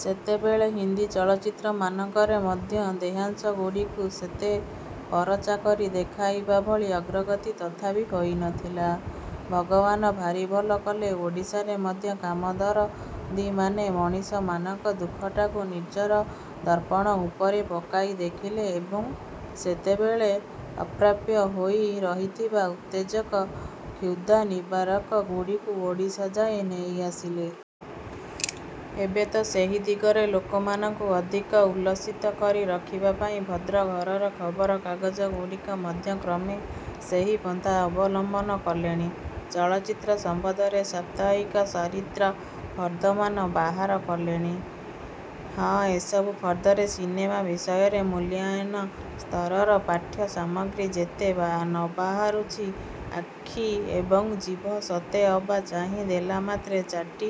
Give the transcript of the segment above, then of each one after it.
ସେତେବେଳେ ହିନ୍ଦି ଚଳଚ୍ଚିତ୍ର ମାନଙ୍କରେ ମଧ୍ୟ ଦେହାଂଶଗୁଡ଼ିକୁ ସେତେ ଫରଚା କରି ଦେଖାଇବା ଭଳି ଅଗ୍ରଗତି ତଥାପି ହୋଇନଥିଲା। ଭଗବାନ ଭାରି ଭଲ କଲେ ଓଡ଼ିଶାରେ ମଧ୍ୟ କାମଦରଦୀମାନେ ମଣିଷମାନଙ୍କର ଦୁଃଖଟାକୁ ନିଜର ଦର୍ପଣ ଉପରେ ପକାଇ ଦେଖିଲେ ଏବଂ ସେତେବେଳେ ଅପ୍ରାପ୍ୟ ହୋଇ ରହିଥିବା ଉତ୍ତେଜକ କ୍ଷୁଧାନିବାରକଗୁଡ଼ିକୁ ଓଡ଼ିଶା ଯାଏ ନେଇ ଆସିଲେ। ଏବେ ତ ସେହି ଦିଗରେ ଲୋକମାନଙ୍କୁ ଅଧିକ ଉଲ୍ଲସିତ କରି ରଖିବା ପାଇଁ ଭଦ୍ର ଘରର ଖବରକାଗଜଗୁଡ଼ିକ ମଧ୍ୟ କ୍ରମେ ସେହି ପନ୍ଥା ଅବଲମ୍ବନ କଲେଣି। ଚଳଚ୍ଚିତ୍ର ସମ୍ବନ୍ଧରେ ସାପ୍ତାହିକ ସରିତ୍ର ଫର୍ଦ୍ଦମାନ ବାହାର କଲେଣି। ହଁ ଏସବୁ ଫର୍ଦ୍ଦରେ ସିନେମା ବିଷୟରେ ମୂଲ୍ୟାୟନସ୍ତରର ପାଠ୍ୟସାମଗ୍ରୀ ଯେତେ ନବାହାରୁଛି, ଆଖି ଏବଂ ଜିଭ ସତେ ଅବା ଚାହିଁ ଦେଲାମାତ୍ରେ ଚାଟି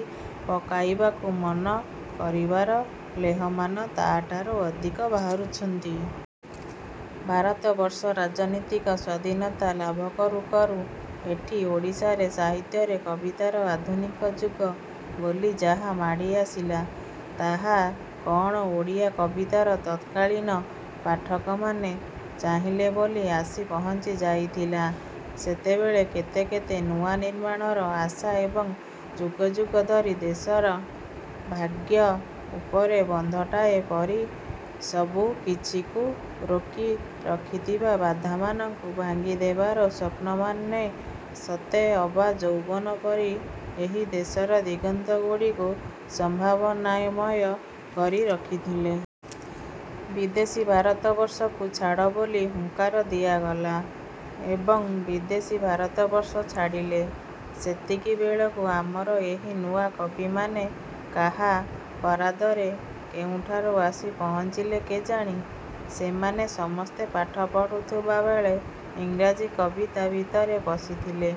ପକାଇବାକୁ ମନ କରିବାର ଲେହମାନ ତାଠାରୁ ଅଧିକ ବାହାରୁଛନ୍ତି। ଭାରତବର୍ଷ ରାଜନୀତିକ ସ୍ୱାଧୀନତା ଲାଭ କରୁ କରୁ ଏଠି ଓଡ଼ିଶାର ସାହିତ୍ୟରେ କବିତାର ଆଧୁନିକ ଯୁଗ ବୋଲି ଯାହା ମାଡ଼ି ଆସିଲା, ତାହା କଣ ଓଡ଼ିଆ କବିତାର ତତ୍କାଳୀନ ପାଠକମାନେ ଚାହିଲେ ବୋଲି ଆସି ପହଞ୍ଚି ଯାଇଥିଲା? ସେତେବେଳେ କେତେ କେତେ ନୂଆ ନିର୍ମାଣର ଆଶା ଏବଂ ଯୁଗ ଯୁଗ ଧରି ଦେଶର ଭାଗ୍ୟ ଉପରେ ବନ୍ଧଟାଏ ପରି ସବୁକିଛିକୁ ରୋକି ରଖିଥିବା ବାଧାମାନଙ୍କୁ ଭାଙ୍ଗିଦେବାର ସ୍ଵପ୍ନମାନେ ସତେ ଅବା ଯୌବନ ପରି ଏହି ଦେଶର ଦିଗନ୍ତଗୁଡ଼ିକୁ ସମ୍ଭାବନାମୟ କରି ରଖିଥିଲେ। ବିଦେଶୀ ଭାରତବର୍ଷକୁ ଛାଡ଼ ବୋଲି ହୁଙ୍କାର ଦିଆଗଲା ଏବଂ ବିଦେଶୀ ଭାରତବର୍ଷ ଛାଡ଼ିଲେ। ସେତିକିବେଳକୁ ଆମର ଏହି ନୂଆ କବିମାନେ କାହା ବରାଦରେ କେଉଁଠାରୁ ଆସି ପହଞ୍ଚିଲେ କେଜାଣି? ସେମାନେ ସମସ୍ତେ ପାଠ ପଢୁଥିବା ବେଳେ ଇଂରାଜୀ କବିତା ଭିତରେ ପଶିଥିଲେ।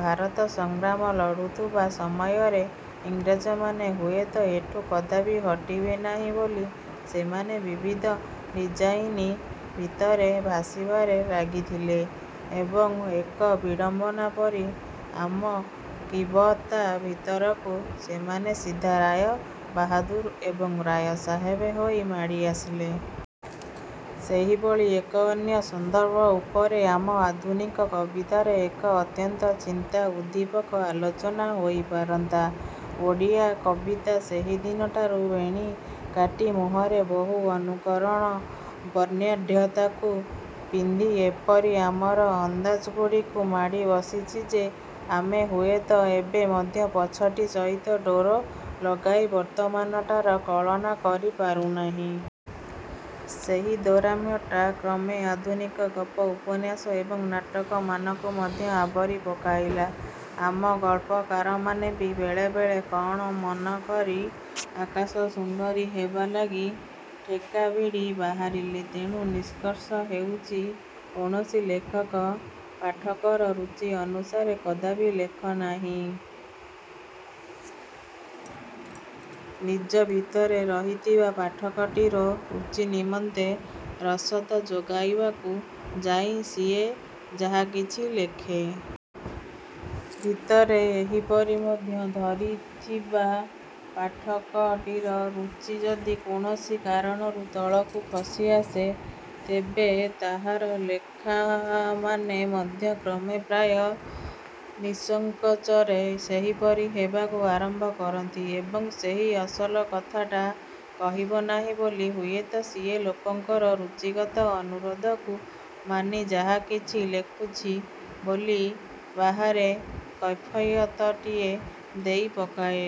ଭାରତ ସଂଗ୍ରାମ ଲଢୁଥିବା ସମୟରେ ଇଂରେଜମାନେ ହୁଏତ ଏଠୁ କଦାପି ହଟିବେ ନାହିଁ ବୋଲି ସେମାନେ ବିବିଧ ଡ଼ିଜାଇନ୍ ଭିତରେ ଭାସିବାରେ ଲାଗିଥିଲେ ଏବଂ ଏକ ବିଡ଼ମ୍ବନା ପରି ଆମ କିବତା ଭିତରକୁ ସେମାନେ ସିଧା ରାୟ ବାହାଦୁର ଏବଂ ରାୟ ସାହେବ ହୋଇ ମାଡ଼ିଆସିଲେ। ସେହିଭଳି ଏକ ଅନ୍ୟ ସନ୍ଦର୍ଭ ଉପରେ ଆମ ଆଧୁନିକ କବିତାରେ ଏକ ଅତ୍ୟନ୍ତ ଚିନ୍ତାଉବ୍ଦୀପକ ଆଲୋଚନା ହୋଇପାରନ୍ତା। ଓଡ଼ିଆ କବିତା ସେହିଦିନଠାରୁ ବେଣୀ କାଟି ମୁହଁରେ ବହୁ ଅନୁକରଣର ବର୍ଣ୍ଣାଢ଼୍ୟତାକୁ ପିନ୍ଧି ଏପରି ଆମର ଅନ୍ଦାଜଗୁଡ଼ିକୁ ମାଡ଼ି ବସିଛି ଯେ, ଆମେ ହୁଏତ ଏବେ ମଧ୍ୟ ପଛଟି ସହିତ ଡୋର ଲଗାଇ ବର୍ତ୍ତମାନଟାର କଳନା କରି ପାରୁନାହିଁ। ସେହି ଦୌରାତ୍ମ୍ୟଟା କ୍ରମେ ଆଧୁନିକ ଗପ, ଉପନ୍ୟାସ ଏବଂ ନାଟକମାନଙ୍କୁ ମଧ୍ୟ ଆବୋରି ପକାଇଲା। ଆମ ଗଳ୍ପାକାରମାନେ ବି ବେଳେବେଳେ କଣ ମନକରି ଆକାଶସୁନ୍ଦରୀ ହେବାଲାଗି ଠେକା ଭିଡ଼ି ବାହାରିଲେ। ତେଣୁ ନିଷ୍କର୍ଷ ହେଉଛି, କୌଣସି ଲେଖକ ପାଠକର ରୁଚି ଅନୁସାରେ କଦାପି ଲେଖେନାହିଁ। ନିଜ ଭିତରେ ରହିଥିବା ପାଠକଟିର ରୁଚି ନିମନ୍ତେ ରସଦ ଯୋଗାଇବାକୁ ଯାଇ ସିଏ ଯାହାକିଛି ଲେଖେ। ଭିତରେ ଏହିପରି ମଙ୍ଗ ଧରିଥିବା ପାଠକଟିର ରୁଚି ଯଦି କୌଣସି କାରଣରୁ ତଳକୁ ଖସି ଆସେ, ତେବେ ତାହାର ଲେଖାମାନେ ମଧ୍ୟ କ୍ରମେ ପ୍ରାୟ ନିଃସଙ୍କୋଚରେ ସେହିପରି ହେବାକୁ ଆରମ୍ଭ କରନ୍ତି। ଏବଂ ସେହି ଅସଲ କଥାଟା କହିବ ନାହିଁ ବୋଲି ହୁଏତ ସିଏ ଲୋକଙ୍କର ରୁଚିଗତ ଅନୁରୋଧକୁ ମାନି ଯାହାକିଛି ଲେଖୁଛି ବୋଲି ବାହାରେ କୈଫୟତଟିଏ ଦେଇପକାଏ।